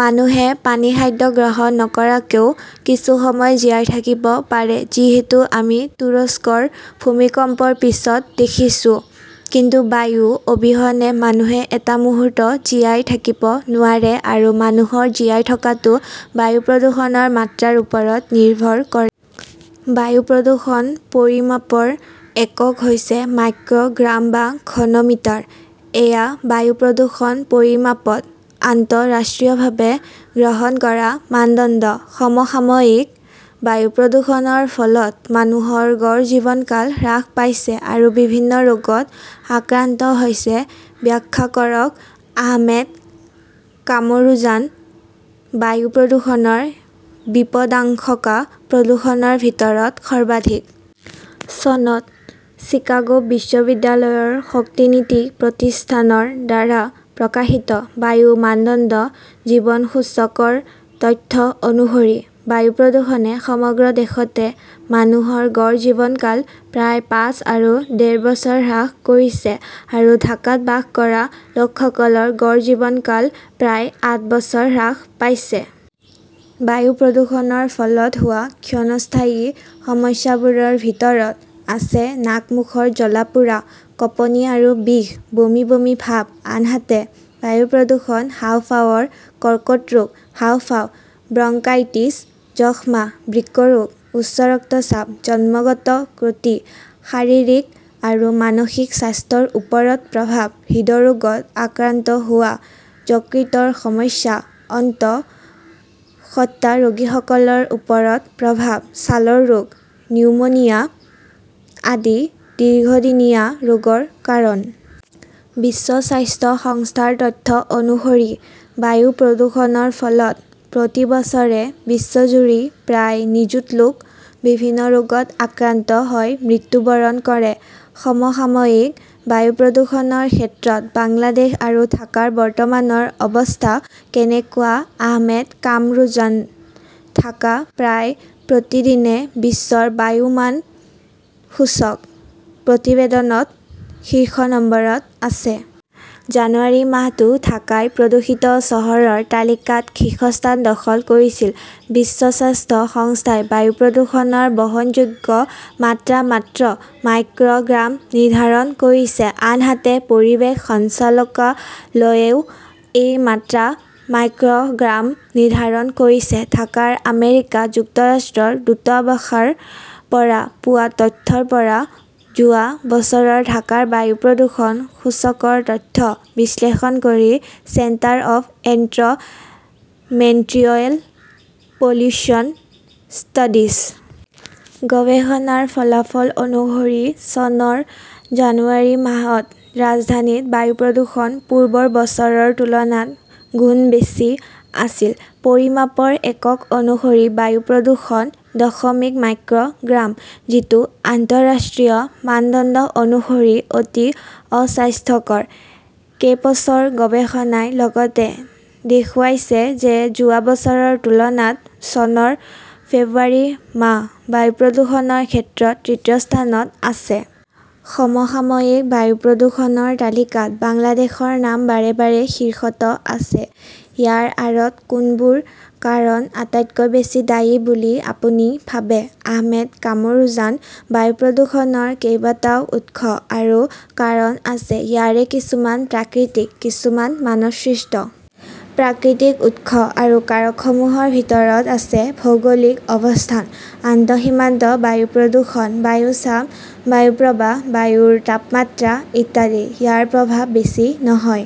মানুহে পানী-খাদ্য গ্ৰহণ নকৰাকৈও কিছু সময় জীয়াই থাকিব পাৰে। যিহেতু আমি তুৰস্কৰ ভূমিকম্পৰ পিছত দেখিছো। কিন্তু বায়ু অবিহনে মানুহে এটা মুহূৰ্ত জীয়াই থাকিব নোৱাৰে। আৰু মানুহৰ জীয়াই থকাটো বায়ু প্ৰদূষণৰ মাত্ৰাৰ ওপৰত নিৰ্ভৰ কৰে। বায়ু প্ৰদূষণ পৰিমাপৰ একক হৈছে মাইক্ৰ গ্ৰাম বা ঘন মিটাৰ। এয়া বায়ু প্ৰদূষণ পৰিমাপত আন্তৰাষ্ট্ৰীয়ভাৱে গ্ৰহণ কৰা মানদণ্ড। সমসাময়িকঃ বায়ু প্ৰদূষণৰ ফলত মানুহৰ গড় জীৱনকাল হ্ৰাস পাইছে আৰু বিভিন্ন ৰোগত আক্ৰান্ত হৈছে-ব্যাখ্যা কৰক আহমেদ কামৰুজানঃ বায়ু প্ৰদূষণৰ বিপদাশংকা প্ৰদূষণৰ ভিতৰত সৰ্বাধিক। চনত চিকাগো বিশ্ববিদ্যালয়ৰ শক্তি নীতি প্ৰতিষ্ঠান ৰ দ্বাৰা প্ৰকাশিত বায়ু মানদণ্ড জীৱন সূচক ৰ তথ্য অনুসৰি, বায়ু প্ৰদূষণে সমগ্ৰ দেশতে মানুহৰ গড় জীৱনকাল প্ৰায় পাঁচ আৰু ডেৰ বছৰ হ্ৰাস কৰিছে আৰু ঢাকাত বাস কৰা লোকসকলৰ গড় জীৱনকাল প্ৰায় আঠ বছৰ হ্ৰাস পাইছে। বায়ু প্ৰদূষণৰ ফলত হোৱা ক্ষণস্থায়ী সমস্যাবোৰৰ ভিতৰত আছে নাক মুখৰ জ্বলা পোৰা, কঁপনি আৰু বিষ, বমি বমি ভাব। আনহাতে, বায়ু প্ৰদূষণ হাঁওফাঁওৰ কৰ্কট ৰোগ, হাঁওফাঁও, ব্ৰংকাইটিছ, যক্ষ্মা, বৃক্ক ৰোগ, উচ্চ ৰক্তচাপ, জন্মগত ত্ৰুটি, শাৰীৰিক আৰু মানসিক স্বাস্থ্যৰ ওপৰত প্ৰভাৱ, হৃদৰোগত আক্ৰান্ত হোৱা, যকৃতৰ সমস্যা, অন্তঃসত্ত্বাৰোগীসকলৰ ওপৰত প্ৰভাৱ, ছালৰ ৰোগ, নিউমোনিয়া আদি দীৰ্ঘদিনীয়া ৰোগৰ কাৰণ। বিশ্ব স্বাস্থ্য সংস্থাৰ তথ্য অনুসৰি, বায়ু প্ৰদূষণৰ ফলত প্ৰতি বছৰে বিশ্বজুৰি প্ৰায় নিযুত লোক বিভিন্ন ৰোগত আক্ৰান্ত হৈ মৃত্যুবৰণ কৰে। সমসাময়িক বায়ু প্ৰদূষণৰ ক্ষেত্ৰত বাংলাদেশ আৰু ঢাকাৰ বৰ্তমানৰ অৱস্থা কেনেকুৱা আহমেদ কামৰুজানঃ ঢাকা প্ৰায় প্ৰতিদিনে বিশ্বৰ বায়ু মান সূচক প্ৰতিবেদনত শীৰ্ষ নম্বৰত আছে। জানুৱাৰী মাহতো ঢাকাই প্ৰদূষিত চহৰৰ তালিকাত শীৰ্ষস্থান দখল কৰিছিল। বিশ্ব স্বাস্থ্য সংস্থাই বায়ু প্ৰদূষণৰ বহনযোগ্য মাত্ৰা মাত্ৰ মাইক্ৰ গ্ৰাম নিৰ্ধাৰণ কৰিছে। আনহাতে পৰিৱেশ সঞ্চালকালয়ই এই মাত্ৰা মাইক্ৰ গ্ৰাম নিৰ্ধাৰণ কৰিছে। ঢাকাৰ আমেৰিকা যুক্তৰাষ্ট্ৰৰ দূতাবাসৰ পৰা পোৱা তথ্যৰ পৰা যোৱা বছৰৰ ঢাকাৰ বায়ু প্ৰদূষণ সূচকৰ তথ্য বিশ্লেষণ কৰি 'centre of environmental pollution studies '। গৱেষণাৰ ফলাফল অনুসৰি, চনৰ জানুৱাৰী মাহত ৰাজধানীত বায়ু প্ৰদূষণ পূৰ্বৰ বছৰৰ তুলনাত গুণ বেছি আছিল। পৰিমাপৰ একক অনুসৰি বায়ু প্ৰদূষণ দশমিক মাইক্ৰ গ্ৰাম, যিটো আন্তঃৰাষ্ট্ৰীয় মানদণ্ড অনুসৰি অতি অস্বাস্থ্যকৰ। কেপছৰ গৱেষণাই লগতে দেখুৱাইছে যে যোৱা বছৰৰ তুলনাত চনৰ ফেব্ৰুৱাৰী মাহ বায়ু প্ৰদূষণৰ ক্ষেত্ৰত তৃতীয় স্থানত আছে। সমসাময়িক বায়ু প্ৰদূষণৰ তালিকাত বাংলাদেশৰ নাম বাৰে বাৰে শীৰ্ষত আছে। ইয়াৰ আঁৰত কোনবোৰ কাৰণ আটাইতকৈ বেছি দায়ী বুলি আপুনি ভাবে আহমেদ কামৰুজান বায়ু প্ৰদূষণৰ কেইবাটাও উৎস আৰু কাৰণ আছে। ইয়াৰে কিছুমান প্ৰাকৃতিক, কিছুমান মানৱসৃষ্ট। প্ৰাকৃতিক উৎস আৰু কাৰকসমূহৰ ভিতৰত আছে ভৌগোলিক অৱস্থান, আন্তঃসীমান্ত বায়ু প্ৰদূষণ, বায়ু চাপ, বায়ু প্ৰবাহ, বায়ুৰ তাপমাত্ৰা ইত্যাদি। ইয়াৰ প্ৰভাৱ বেছি নহয়।